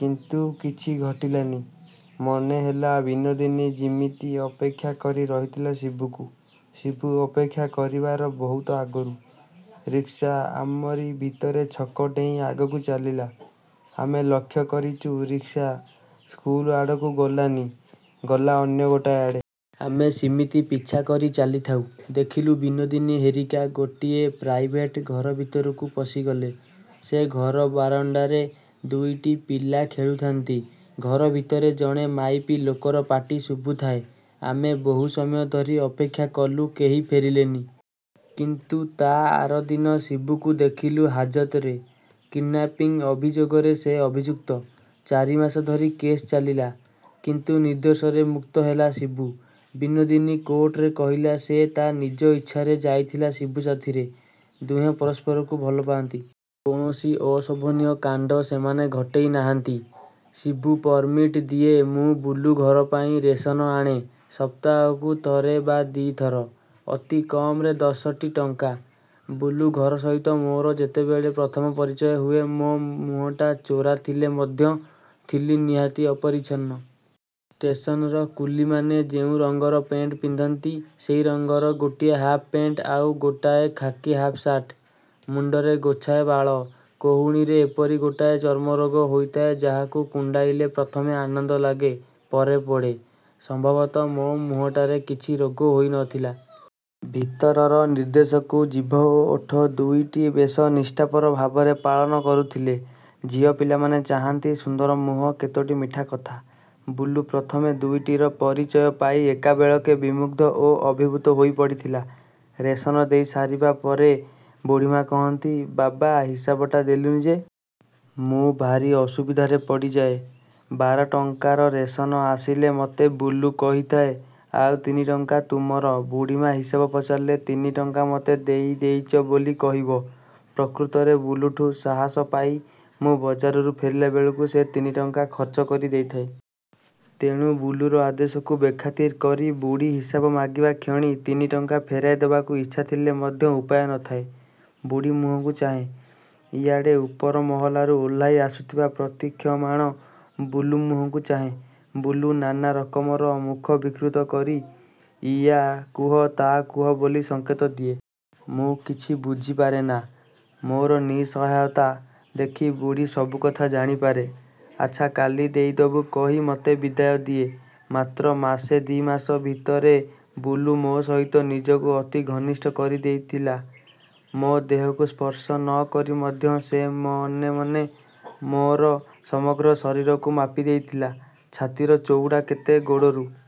କିନ୍ତୁ କିଛି ଘଟିଲାନି। ମନେ ହେଲା ବିନୋଦିନୀ ଯିମିତି ଅପେକ୍ଷା କରି ରହିଥିଲା ଶିବୁକୁ, ଶିବୁ ଅପେକ୍ଷା କରିବାର ବହୁତ ଆଗରୁ। ରିକ୍ସା ଆମରି ଭିତରେ ଛକ ଡେଇଁ ଆଗକୁ ଚାଲିଲା। ଆମେ ଲକ୍ଷ୍ୟ କରିଚୁ ରିକ୍ସା ସ୍କୁଲ ଆଡ଼କୁ ଗଲାନି। ଗଲା ଅନ୍ୟ ଗୋଟାଏ ଆଡ଼େ। ଆମେ ସିମିତି ପିଛା କରି ଚାଲିଥାଉ। ଦେଖିଲୁ ବିନୋଦିନୀ ହେରିକା ଗୋଟିଏ ପ୍ରାଇଭେଟ ଘରଭିତରକୁ ପଶିଗଲେ। ସେ ଘର ବାରଣ୍ଡାରେ ଦୁଇଟି ପିଲା ଖେଳୁଥାନ୍ତି। ଘର ଭିତରେ ଜଣେ ମାଇପି ଲୋକର ପାଟି ଶୁଭୁଥାଏ। ଆମେ ବହୁ ସମୟ ଧରି ଅପେକ୍ଷା କଲୁ କେହି ଫେରିଲେ ନି। କିନ୍ତୁ ତା ଆରଦିନ ଶିବୁକୁ ଦେଖିଲୁ ହାଜତରେ। କିଡ୍ନାପିଙ୍ଗ୍ ଅଭିଯୋଗରେ ସେ ଅଭିଯୁକ୍ତ। ଚାରିମାସ ଧରି କେସ୍ ଚାଲିଲା। କିନ୍ତୁ ନିର୍ଦ୍ଦୋଷରେ ମୁକ୍ତ ହେଲା ଶିବୁ। ବିନୋଦିନୀ କୋର୍ଟରେ କହିଲା ସେ ତା ନିଜ ଇଚ୍ଛାରେ ଯାଇଥିଲା ଶିବୁ ସାଥିରେ। ଦୁହେଁ ପରସ୍ପରକୁ ଭଲ ପାଆନ୍ତି। କୌଣସି ଅଶୋଭନୀୟ କାଣ୍ଡ ସେମାନେ ଘଟେଇ ନାହାଁନ୍ତି। ଶିବୁ ପରମିଟ୍ ଦିଏ, ମୁଁ ବୁଲୁ ଘର ପାଇଁ ରେସନ ଆଣେ। ସପ୍ତାହକୁ ଥରେ ବା ଦି ଥର-। ଅତି କମରେ ଦଶଟି ଟଙ୍କା। ବୁଲୁ ଘର ସହିତ ମୋର ଯେତେବେଳେ ପ୍ରଥମ ପରିଚୟ ହୁଏ ମୋ ମୁହଁଟା ଚୋରା ଥିଲେ ମଧ୍ୟ ଥିଲି ନିହାତି ଅପରିଚ୍ଛନ୍ନ। ଷ୍ଟେସନର କୁଲିମାନେ ଯେଉଁ ରଂଗର ପେଣ୍ଟ ପିନ୍ଧନ୍ତି, ସେଇ ରଂଗର ଗୋଟିଏ ହାପ୍ ପେଣ୍ଟ, ଆଉ ଗୋଟାଏ ଖାକି ହାପ୍ ଶାର୍ଟ। ମୁଣ୍ଡରେ ଗୋଛାଏ ବାଳ। କହୁଣୀରେ ଏପରି ଗୋଟାଏ ଚର୍ମରୋଗ ହୋଇଥାଏ ଯାହାକୁ କୁଣ୍ଡାଇଲେ ପ୍ରଥମେ ଆନନ୍ଦ ଲାଗେ, ପରେ ପୋଡ଼େ। ସମ୍ଭବତଃ ମୋ ମୁହଁଟାରେ କିଛି ରୋଗ ହୋଇ ନଥିଲା। ଭିତରର ନିର୍ଦ୍ଦେଶକୁ ଜିଭ ଓ ଓଠ ଦୁଇଟି ବେଶ ନିଷ୍ଠାପର ଭାବରେ ପାଳନ କରୁଥିଲେ। ଝିଅ ପିଲାମାନେ ଚାହାନ୍ତି ସୁନ୍ଦର ମୁହଁ, କେତୋଟି ମିଠାକଥା। ବୁଲୁ ପ୍ରଥମେ ଦୁଇଟିର ପରିଚୟ ପାଇ ଏକାବେଳକେ ବିମୁଗ୍ଧ ଓ ଅଭିଭୂତ ହୋଇ ପଡ଼ିଥିଲା। ରେଶନ ଦେଇ ସାରିବା ପରେ ବୁଢ଼ୀମା କହନ୍ତି, ବାବା ହିସାବଟା ଦେଲୁନି ଯେ! ମୁଁ ଭାରି ଅସୁବିଧାରେ ପଡ଼ିଯାଏ। ବାର ଟଙ୍କାର ରେଶନ ଆସିଲେ ମତେ ବୁଲୁ କହିଥାଏ, ଆଉ ତିନି ଟଙ୍କା ତୁମର, ବୁଢ଼ୀମା ହିସାବ ପଚାରିଲେ, ତିନି ଟଙ୍କା ମତେ ଦେଇ ଦେଇଚ ବୋଲି କହିବ। ପ୍ରକୃତରେ ବୁଲୁଠୁ ସାହସ ପାଇ ମୁଁ ବଜାରରୁ ଫେରିଲା ବେଳକୁ ସେ ତିନି ଟଙ୍କା ଖର୍ଚ୍ଚ କରି ଦେଇଥାଏ। ତେଣୁ ବୁଲୁର ଆଦେଶକୁ ବେଖାତିର କରି, ବୁଢ଼ୀ ହିସାବ ମାଗିବା କ୍ଷଣି ତିନି ଟଙ୍କା ଫେରାଇ ଦେବାକୁ ଇଚ୍ଛା ଥିଲେ ମଧ୍ୟ ଉପାୟ ନ ଥାଏ। ବୁଢ଼ୀ ମୁହଁକୁ ଚାହେଁ। ଇଆଡ଼େ ଉପର ମହଲାରୁ ଓହ୍ଲାଇ ଆସୁଥିବା ପ୍ରତୀକ୍ଷମାଣ ବୁଲୁ ମୁହଁକୁ ଚାହେଁ। ବୁଲୁ ନାନା ରକମର ମୁଖ ବିକୃତ କରି ଇୟା କୁହ ତା କୁହ ବୋଲି ସଂକେତ ଦିଏ। ମୁଁ କିଛି ବୁଝି ପାରେନା। ମୋର ନିଃସହାୟତା ଦେଖି ବୁଢ଼ୀ ସବୁ କଥା ଜାଣିପାରେ। ଆଚ୍ଛା କାଲି ଦେଇଦେବୁ କହି ମତେ ବିଦାୟ ଦିଏ। ମାତ୍ର ମାସେ ଦି ମାସ ଭିତରେ ବୁଲୁ ମୋ ସହିତ ନିଜକୁ ଅତି ଘନିଷ୍ଠ କରି ଦେଇଥିଲା। ମୋ ଦେହକୁ ସ୍ପର୍ଶ ନ କରି ମଧ୍ୟ ସେ ମନେ ମନେ ମୋର ସମଗ୍ର ଶରୀରକୁ ମାପି ଦେଇଥିଲା। ଛାତିର ଚଉଡ଼ା କେତେ, ଗୋଡ଼ରୁ